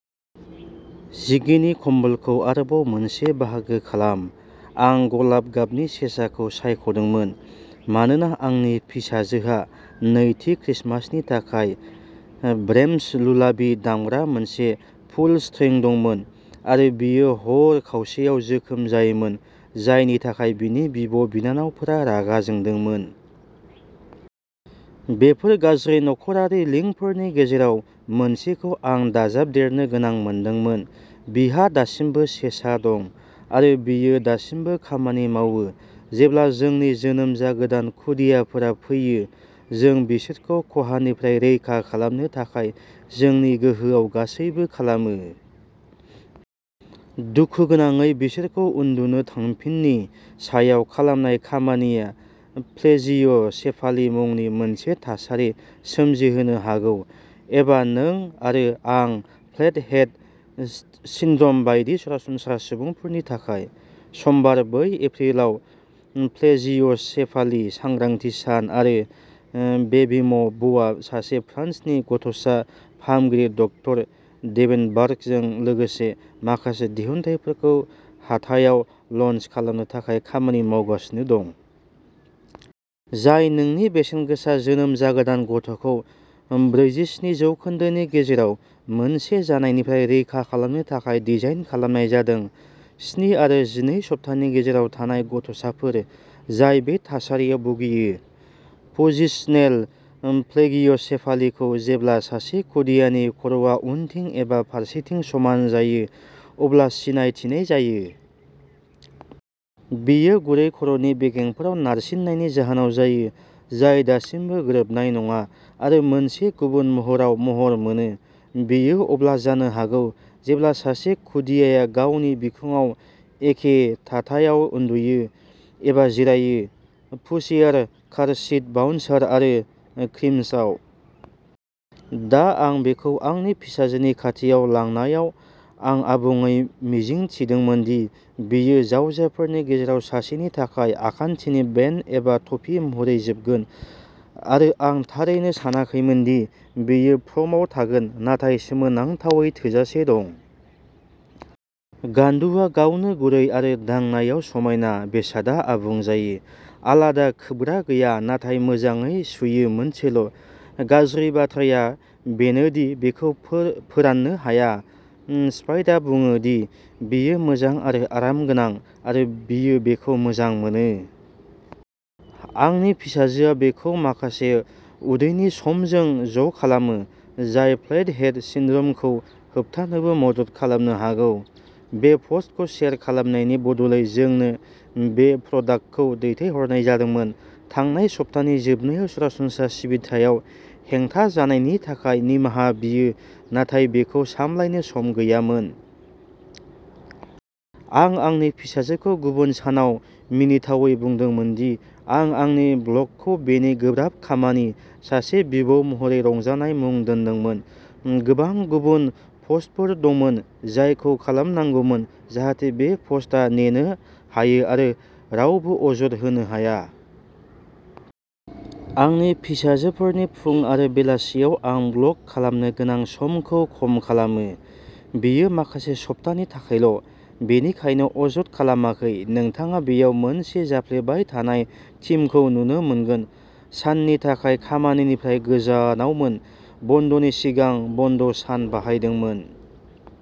जिगिनि कम्बलखौ आरोबाव मोनसे बाहागो खालाम। आं गलाब गाबनि सेसाखौ सायख'दोंमोन। मानोना आंनि फिसाजोहा नैथि क्रिसमासनि थाखाय ब्रैम्स लुलाबी दामग्रा मोनसे पुल स्ट्रिं दंमोन आरो बियो हर खावसेयाव जोखोम जायोमोन। जायनि थाखाय बिनि बिब'- बिनानावफोरा रागा जोंदोंमोन। बेफोर गाज्रि नख'रारि लिंकफोरनि गेजेराव मोनसेखौ आं दाजाबदेरनो गोनां मोनदोंमोन। बिहा दासिमबो सेसा दं आरो बियो दासिमबो खामानि मावो। जेब्ला जोंनि जोनोम जागोदान खुदियाफोरा फैयो, जों बिसोरखौ खहानिफ्राय रैखा खालामनो थाखाय जोंनि गोहोआव गासैबो खालामो। दुखुगोनाङै बिसोरखौ उन्दुनो थांफिननि सायाव खालामनाय खामानिया प्लेजिय'सेफाली मुंनि मोनसे थासारि सोमजिहोनो हागौ एबा नों आरो आं फ्लेटहेड सिन्ड्रम बायदि सरासनस्रा सुबुंफोरनि थाखाय। समबार बै एप्रिलआ प्लेजिय'सेफाली सांग्रांथि सान आरो बेबिम'भआ सासे फ्रान्सनि गथ'सा फाहामगिरि डक्टर मेडेनबार्गजों लोगोसे माखासे दिहुनथायफोरखौ हाथायाव ल'न्च खालामनो थाखाय खामानि मावगासिनो दं। जाय नोंनि बेसेनगोसा जोनोम जागोदान गथ'खौ ब्रैजिस्नि जौखोन्दोनि गेजेराव मोनसे जानायनिफ्राय रैखा खालामनो थाखाय डिजाइन खालामनाय जादों। स्नि आरो जिनै सप्तानि गेजेराव थानाय गथ'साफोर जाय बे थासारियाव भुगियो। पजिशनेल प्लेगिय'सेफालिखौ जेब्ला सासे खुदियानि खर'आ उनथिं एबा फारसेथिं समान जायो अब्ला सिनायथिनाय जायो। बेयो गुरै खर'नि बेगेंफोराव नारसिननायनि जाहोनाव जायो। जाय दासिमबो गोरोबनाय नङा आरो मोनसे गुबुन महराव महर मोनो। बेयो अब्ला जानो हागौ जेब्ला सासे खुदियाया गावनि बिखुंआव एखे थाथायाव उन्दुयो एबा जिरायो। पुशचेयार कार सिट बाउन्सार आरो क्रिम्सआव। दा आं बेखौ आंनि फिसाजोनि खाथियाव लांनायाव आं आबुङै मिजिंथिदोंमोन दि बेयो जावजाफोरनि गेजेराव सासेनि थाखाय आखान्थिनि बेन्ड एबा थफि महरै जोबगोन आरो आं थारैनो सानाखैमोन दि बेयो प्रमआव थागोन नाथाय सोमोनांथावै थोजासे दं। गान्दुआ गावनो गुरै आरो दांनायाव समायना। बेसादआ आबुं जायो। आलादा खोबग्रा गैया नाथाय मोजाङै सुयो मोनसेल'। गाज्रि बाथ्राया बेनो दि बेखौ फो फोराननो हाया। स्पाडआ बुङो दि बियो मोजां आरो आरामगोनां आरो बियो बेखौ मोजां मोनो। आंनि फिसाजोआ बेखौ माखासे उदैनि समजों ज' खालामो। जाय फ्लेट हेड सिन्ड्रमखौ होबथानोबो मदद खालामनो हागौ। बे प'स्टखौ शेयार खालामनायनि बदलै जोंनो बे प्रडाक्टखौ दैथायहरनाय जादोंमोन। थांनाय सप्तानि जोबनायाव सरासनस्रा सिबिथायाव हेंथा जानायनि थाखाय निमाहा बियो नाथाय बेखौ सामलायनो सम गैयामोन। आं आंनि फिसाजोखौ गुबुन सानाव मिनिथावै बुंदोंमोन दि आं आंनि ब्लगखौ बेनि गोब्राब खामानि सासे बिबौ महरै रंजानाय मुं दोन्दोंमोन। गोबां गुबुन प'स्टफोर दंमोन। जायखौ खालामनांगौमोन जाहाथे बे प'स्टआ नेनो हायो आरो रावबो अजद होनो हाया। आंनि फिसाजोफोरनि फुं आरो बेलासियाव आं ब्लग खालामनो गोनां समखौ खम खालामो। बेयो माखासे सप्तानि थाखायल' बेनिखायनो अजद खालामाखै। नोंथाङा बेयाव मोनसे जाफ्लेबाय थानाय थिमखौ नुनो मोनगोन। साननि थाखाय खामानिनिफ्राय गोजानावमोन। बन्द'नि सिगां बन्द'सान बाहायदोंमोन।